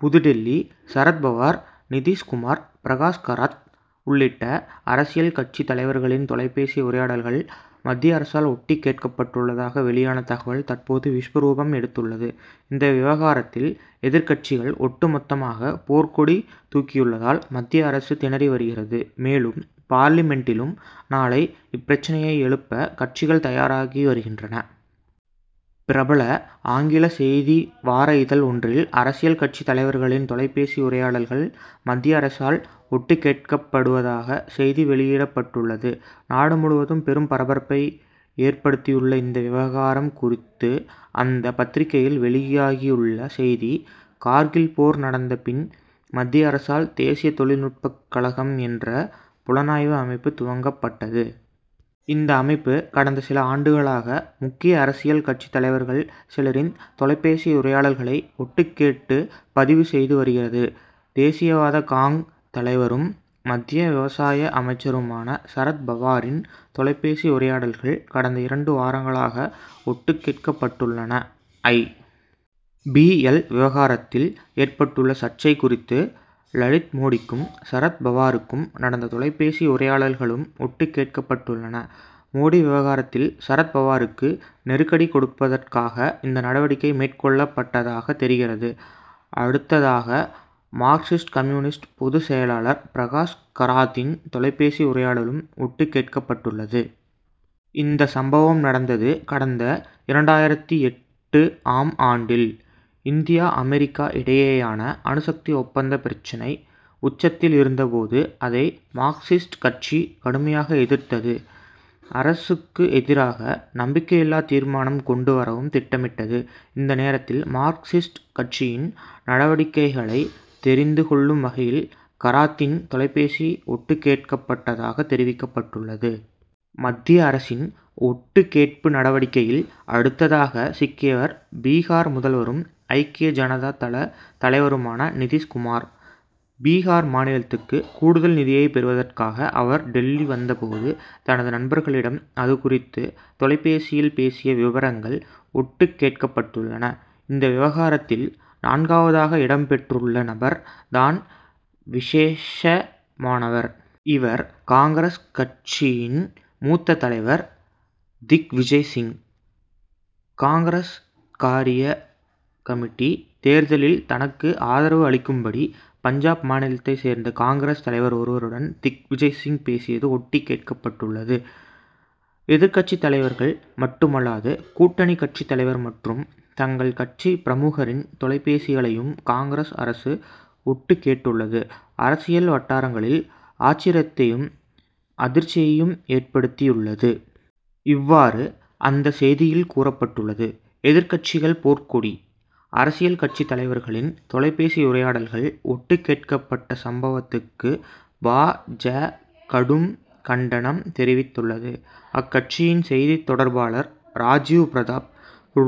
புதுடில்லி சரத் பவார், நிதிஷ் குமார், பிரகாஷ் கராத் உள்ளிட்ட அரசியல் கட்சி தலைவர்களின் தொலைபேசி உரையாடல்கள் மத்திய அரசால் ஒட்டு கேட்கப்பட்டுள்ளதாக வெளியான தகவல் தற்போது விஸ்வரூபம் எடுத்துள்ளது. இந்த விவகாரத்தில் எதிர்க்கட்சிகள் ஒட்டுமொத்தமாக போர்க்கொடி தூக்கியுள்ளதால் மத்திய அரசு திணறி வருகிறது. மேலும் பார்லிமென்டிலும் நாளை இப்பிரச்னையை எழுப்ப கட்சிகள் தயாராகி வருகின்றன. பிரபல ஆங்கில செய்தி வார இதழ் ஒன்றில் அரசியல் கட்சி தலைவர்களின் தொலைபேசி உரையாடல்கள் மத்திய அரசால் ஒட்டு கேட்கப்படுவதாக செய்தி வெளியிடப்பட்டுள்ளது. நாடு முழுவதும் பெரும் பரபரப்பை ஏற்படுத்தியுள்ள இந்த விவகாரம் குறித்து அந்த பத்திரிகையில் வெளியாகியுள்ள செய்தி:கார்கில் போர் நடந்த பின் மத்திய அரசால் தேசிய தொழில்நுட்பக் கழகம் என்ற புலனாய்வு அமைப்பு துவங்கப்பட்டது. இந்த அமைப்பு கடந்த சில ஆண்டுகளாக முக்கிய அரசியல் கட்சித் தலைவர்கள் சிலரின் தொலைபேசி உரையாடல்களை ஒட்டுக் கேட்டு பதிவு செய்து வருகிறது. தேசியவாத காங். தலைவரும் மத்திய விவசாய அமைச்சருமான சரத் பவாரின் தொலைபேசி உரையாடல்கள் கடந்த இரண்டு வாரங்களாக ஒட்டு கேட்கப்பட்டுள்ளன. ஐ. பி. எல் விவகாரத்தில் ஏற்பட்டுள்ள சர்ச்சை குறித்து லலித் மோடிக்கும் சரத் பவாருக்கும் நடந்த தொலைபேசி உரையாடல்களும் ஒட்டு கேட்கப்பட்டுள்ளன. மோடி விவகாரத்தில் சரத் பவாருக்கு நெருக்கடி கொடுப்பதற்காக இந்த நடவடிக்கை மேற்கொள்ளப்பட்டதாக தெரிகிறது. அடுத்ததாக மார்க்சிஸ்ட் கம்யூனிஸ்ட் பொதுச் செயலர் பிரகாஷ் கராத்தின் தொலைபேசி உரையாடலும் ஒட்டு கேட்கப்பட்டுள்ளது. இந்த சம்பவம் நடந்தது கடந்த இரண்டாயிரத்து எட்டு ஆம் ஆண்டில். இந்தியா அமெரிக்கா இடையேயான அணுசக்தி ஒப்பந்த பிரச்னை உச்சத்தில் இருந்தபோது அதை மார்க்சிஸ்ட் கட்சி கடுமையாக எதிர்த்தது. அரசுக்கு எதிராக நம்பிக்கையில்லா தீர்மானம் கொண்டு வரவும் திட்டமிட்டது. இந்த நேரத்தில் மார்க்சிஸ்ட் கட்சியின் நடவடிக்கைகளை தெரிந்து கொள்ளும் வகையில் கராத்தின் தொலைபேசி ஒட்டு கேட்கப்பட்டதாக தெரிவிக்கப்பட்டுள்ளது. மத்திய அரசின் ஒட்டு கேட்பு நடவடிக்கையில் அடுத்ததாக சிக்கியவர் பீகார் முதல்வரும் ஐக்கிய ஜனதா தள தலைவருமான நிதிஷ் குமார். பீகார் மாநிலத்துக்கு கூடுதல் நிதியை பெறுவதற்காக அவர் டில்லி வந்தபோது தனது நண்பர்களிடம் அது குறித்து தொலைபேசியில் பேசிய விவரங்கள் ஒட்டுக் கேட்கப்பட்டுள்ளன. இந்த விவகாரத்தில் நான்காவதாக இடம் பெற்றுள்ள நபர் தான் விசேஷமானவர். இவர் காங்கிரஸ் கட்சியின் மூத்த தலைவர் திக்விஜய் சிங். காங்கிரஸ் காரிய கமிட்டி தேர்தலில் தனக்கு ஆதரவு அளிக்கும்படி, பஞ்சாப் மாநிலத்தை சேர்ந்த காங்கிரஸ் தலைவர் ஒருவருடன் திக்விஜய்சிங் பேசியது ஒட்டு கேட்கப்பட்டுள்ளது. எதிர்க்கட்சி தலைவர்கள் மட்டுமல்லாது கூட்டணி கட்சித் தலைவர் மற்றும் தங்கள் கட்சி பிரமுகரின் தொலைபேசிகளையும், காங்கிரஸ் அரசு ஒட்டு கேட்டுள்ளது, அரசியல் வட்டாரங்களில் ஆச்சரியத்தையும் அதிர்ச்சியையும் ஏற்படுத்தியுள்ளது. இவ்வாறு அந்த செய்தியில் கூறப்பட்டுள்ளது. எதிர்க்கட்சிகள் போர்க்கொடி:அரசியல் கட்சித் தலைவர்களின் தொலைபேசி உரையாடல்கள் ஒட்டு கேட்கப்பட்ட சம்பவத்துக்கு பா. ஜ. கடும் கண்டனம் தெரிவித்துள்ளது. அக்கட்சியின் செய்தித் தொடர்பாளர் ராஜிவ் பிரதாப்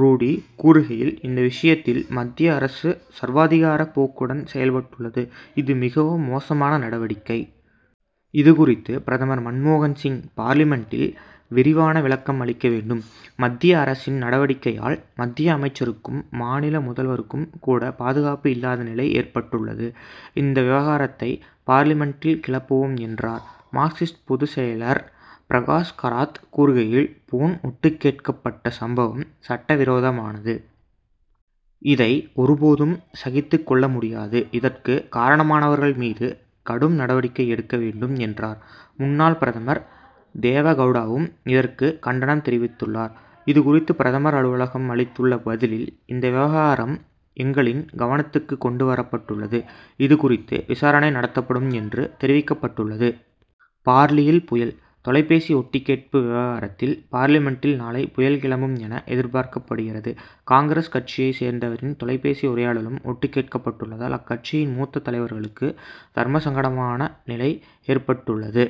ரூடி கூறுகையில் இந்த விஷயத்தில் மத்திய அரசு சர்வாதிகார போக்குடன் செயல்பட்டுள்ளது. இது மிகவும் மோசமான நடவடிக்கை. இதுகுறித்து பிரதமர் மன்மோகன் சிங் பார்லிமென்டில் விரிவான விளக்கம் அளிக்க வேண்டும். மத்திய அரசின் நடவடிக்கையால் மத்திய அமைச்சருக்கும் மாநில முதல்வருக்கும் கூட பாதுகாப்பு இல்லாத நிலை ஏற்பட்டுள்ளது. இந்த விவகாரத்தை பார்லிமென்டில் கிளப்புவோம் என்றார். மார்க்சிஸ்ட் பொதுச் செயலர் பிரகாஷ் கராத் கூறுகையில் போன் ஒட்டு கேட்கப்பட்ட சம்பவம் சட்ட விரோதமானது. இதை ஒருபோதும் சகித்துக் கொள்ள முடியாது. இதற்கு காரணமானவர்கள் மீது கடும் நடவடிக்கை எடுக்க வேண்டும் என்றார். முன்னாள் பிரதமர் தேவகவுடாவும் இதற்கு கண்டனம் தெரிவித்துள்ளார். இதுகுறித்து பிரதமர் அலுவலகம் அளித்துள்ள பதிலில் இந்த விவகாரம் எங்களின் கவனத்துக்கு கொண்டு வரப்பட்டுள்ளது. இதுகுறித்து விசாரணை நடத்தப்படும் என்று தெரிவிக்கப்பட்டுள்ளது. பார்லியில் புயல்? தொலைபேசி ஒட்டு கேட்பு விவகாரத்தால் பார்லிமென்டில் நாளை புயல் கிளம்பும் என எதிர்பார்க்கப்படுகிறது. காங்கிரஸ் கட்சியைச் சேர்ந்தவரின் தொலைபேசி உரையாடலும் ஒட்டு கேட்கப்பட்டுள்ளதால் அக்கட்சியின் மூத்த தலைவர்களுக்கு தர்மசங்கடமான நிலை ஏற்பட்டுள்ளது.